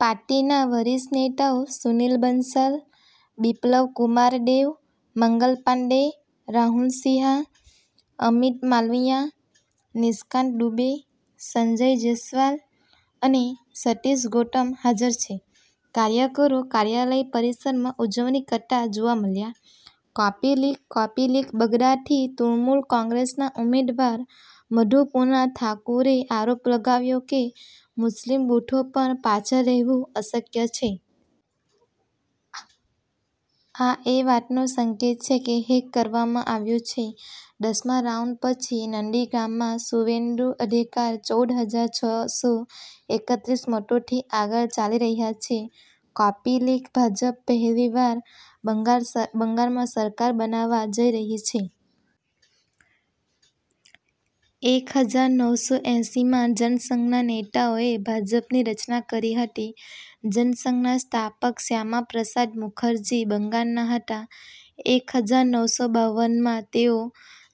પાર્ટીના વરિષ્ઠ નેતાઓ સુનીલ બંસલ, બિપ્લવ કુમાર દેવ, મંગલ પાંડે, રાહુલ સિંહા, અમિત માલવિયા, નિશિકાંત દુબે, સંજય જયસ્વાલ અને સતીશ ગૌતમ હાજર છે. કાર્યકરો કાર્યાલય પરિસરમાં ઉજવણી કરતા જોવા મળ્યા. કૉપી લિંક કૉપી લિંક બગદાથી તૃણમૂલ કોંગ્રેસના ઉમેદવાર મધુપર્ણા ઠાકુરે આરોપ લગાવ્યો કે મુસ્લિમ બૂથો પર પાછળ રહેવું અશક્ય છે. આ એ વાતનો સંકેત છે કે હેક કરવામાં આવ્યું છે. દસ મા રાઉન્ડ પછી નંદીગ્રામમાં સુવેન્દુ અધિકારી ચૌદ હજાર છ સો એકત્રીસ મતોથી આગળ ચાલી રહ્યા છે. કૉપી લિંક ભાજપ પહેલીવાર બંગાળમાં સરકાર બનાવવા જઈ રહી છે. એક હાજર નવસો એંસી માં જનસંઘના નેતાઓએ ભાજપની રચના કરી હતી. જનસંઘના સ્થાપક શ્યામા પ્રસાદ મુખર્જી બંગાળના હતા. એક હજાર નવસો બાવન માં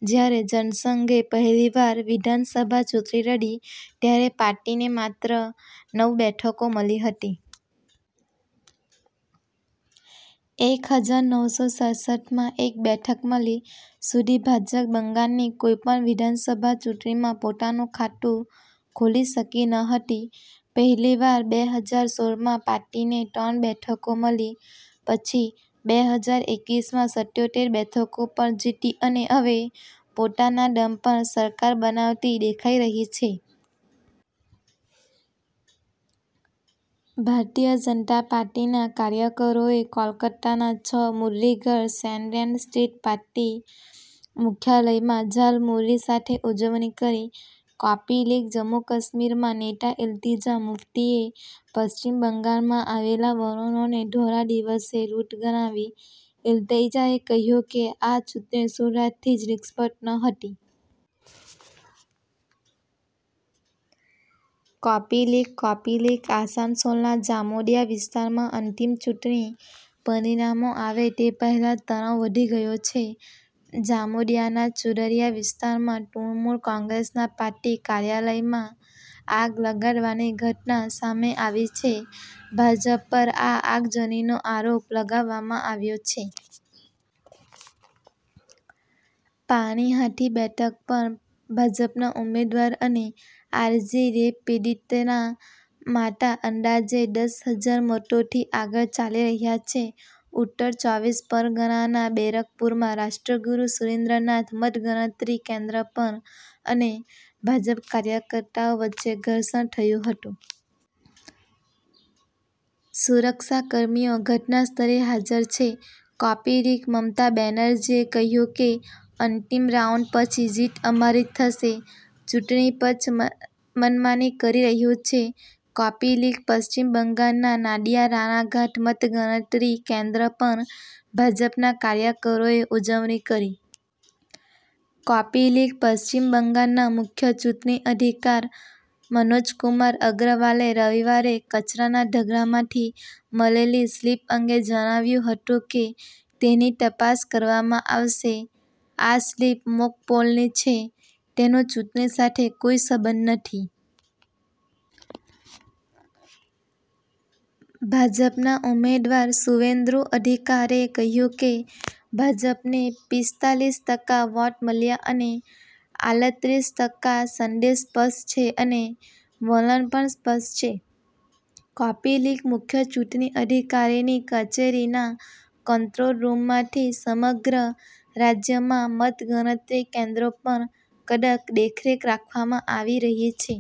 જ્યારે જનસંઘે પહેલીવાર વિધાનસભા ચૂંટણી લડી ત્યારે પાર્ટીને માત્ર નવ બેઠકો મળી હતી. એક હજાર નવસો સડસઠ માં એક બેઠક મળી. સુધી ભાજપ બંગાળની કોઈપણ વિધાનસભા ચૂંટણીમાં પોતાનું ખાતું ખોલી શકી ન હતી. પહેલીવાર બે હજાર સોળમાં પાર્ટીને ત્રણ બેઠકો મળી. પછી બે હજાર એકવીસમાં સત્યોતેર બેઠકો પર જીતી અને હવે પોતાના દમ પર સરકાર બનાવતી દેખાઈ રહી છે. ભારતીય જનતા પાર્ટીના કાર્યકરોએ કોલકાતાના છ મુરલીધર સેન લેન સ્થિત પાર્ટી મુખ્યાલયમાં ઝાલમુરી સાથે ઉજવણી કરી. કૉપી લિંક જમ્મુ-કાશ્મીરમાં નેતા ઇલ્તિજા મુફ્તીએ પશ્ચિમ બંગાળમાં આવેલા વલણોને ધોળા દિવસે લૂંટ ગણાવી. ઇલ્તિજાએ કહ્યું કે આ ચૂંટણી શરૂઆતથી જ નિષ્પક્ષ નહોતી. કૉપી લિંક કૉપી લિંક આસનસોલના જામુડિયા વિસ્તારમાં અંતિમ ચૂંટણી પરિણામો આવે તે પહેલાં જ તણાવ વધી ગયો છે. જામુડિયાના ચુરુલિયા વિસ્તારમાં તૃણમૂલ કોંગ્રેસના પાર્ટી કાર્યાલયમાં આગ લગાડવાની ઘટના સામે આવી છે. ભાજપ પર આ આગજનીનો આરોપ લગાવવામાં આવ્યો છે. પાણીહાટી બેઠક પર ભાજપના ઉમેદવાર અને આર. જી. રેપ પીડિતાના માતા અંદાજે દસ હજાર મતોથી આગળ ચાલી રહ્યા છે. ઉત્તર ચોવીસ પરગણાના બેરકપુરમાં રાષ્ટ્રગુરુ સુરેન્દ્રનાથ મતગણતરી કેન્દ્ર પર અને ભાજપ કાર્યકર્તાઓ વચ્ચે ઘર્ષણ થયું હતું. સુરક્ષાકર્મીઓ ઘટનાસ્થળે હાજર છે. કૉપી લિંક મમતા બેનર્જીએ કહ્યું કે અંતિમ રાઉન્ડ પછી જીત અમારી જ થશે. ચૂંટણી પંચ મનમાની કરી રહ્યું છે. કૉપી લિંક પશ્ચિમ બંગાળના નાદિયા રાણાઘાટ મતગણતરી કેન્દ્ર પર ભાજપના કાર્યકરોએ ઉજવણી કરી. કૉપી લિંક પશ્ચિમ બંગાળના મુખ્ય ચૂંટણી અધિકારી મનોજ કુમાર અગ્રવાલે રવિવારે કચરાના ઢગલામાંથી મળેલી સ્લિપ અંગે જણાવ્યું હતું કે, તેની તપાસ કરવામાં આવશે. આ સ્લિપ મોક પોલની છે. તેનો ચૂંટણી સાથે કોઈ સંબંધ નથી. ભાજપના ઉમેદવાર સુવેન્દુ અધિકારીએ કહ્યું કે, ભાજપને પિસ્તાલીસ ટકા વોટ મળ્યા અને આલત્રીસ ટકા, સંદેશ સ્પષ્ટ છે અને વલણ પણ સ્પષ્ટ છે. કૉપી લિંક મુખ્ય ચૂંટણી અધિકારીની કચેરીના કંટ્રોલ રૂમમાંથી સમગ્ર રાજ્યમાં મતગણતરી કેન્દ્રો પર કડક દેખરેખ રાખવામાં આવી રહી છે.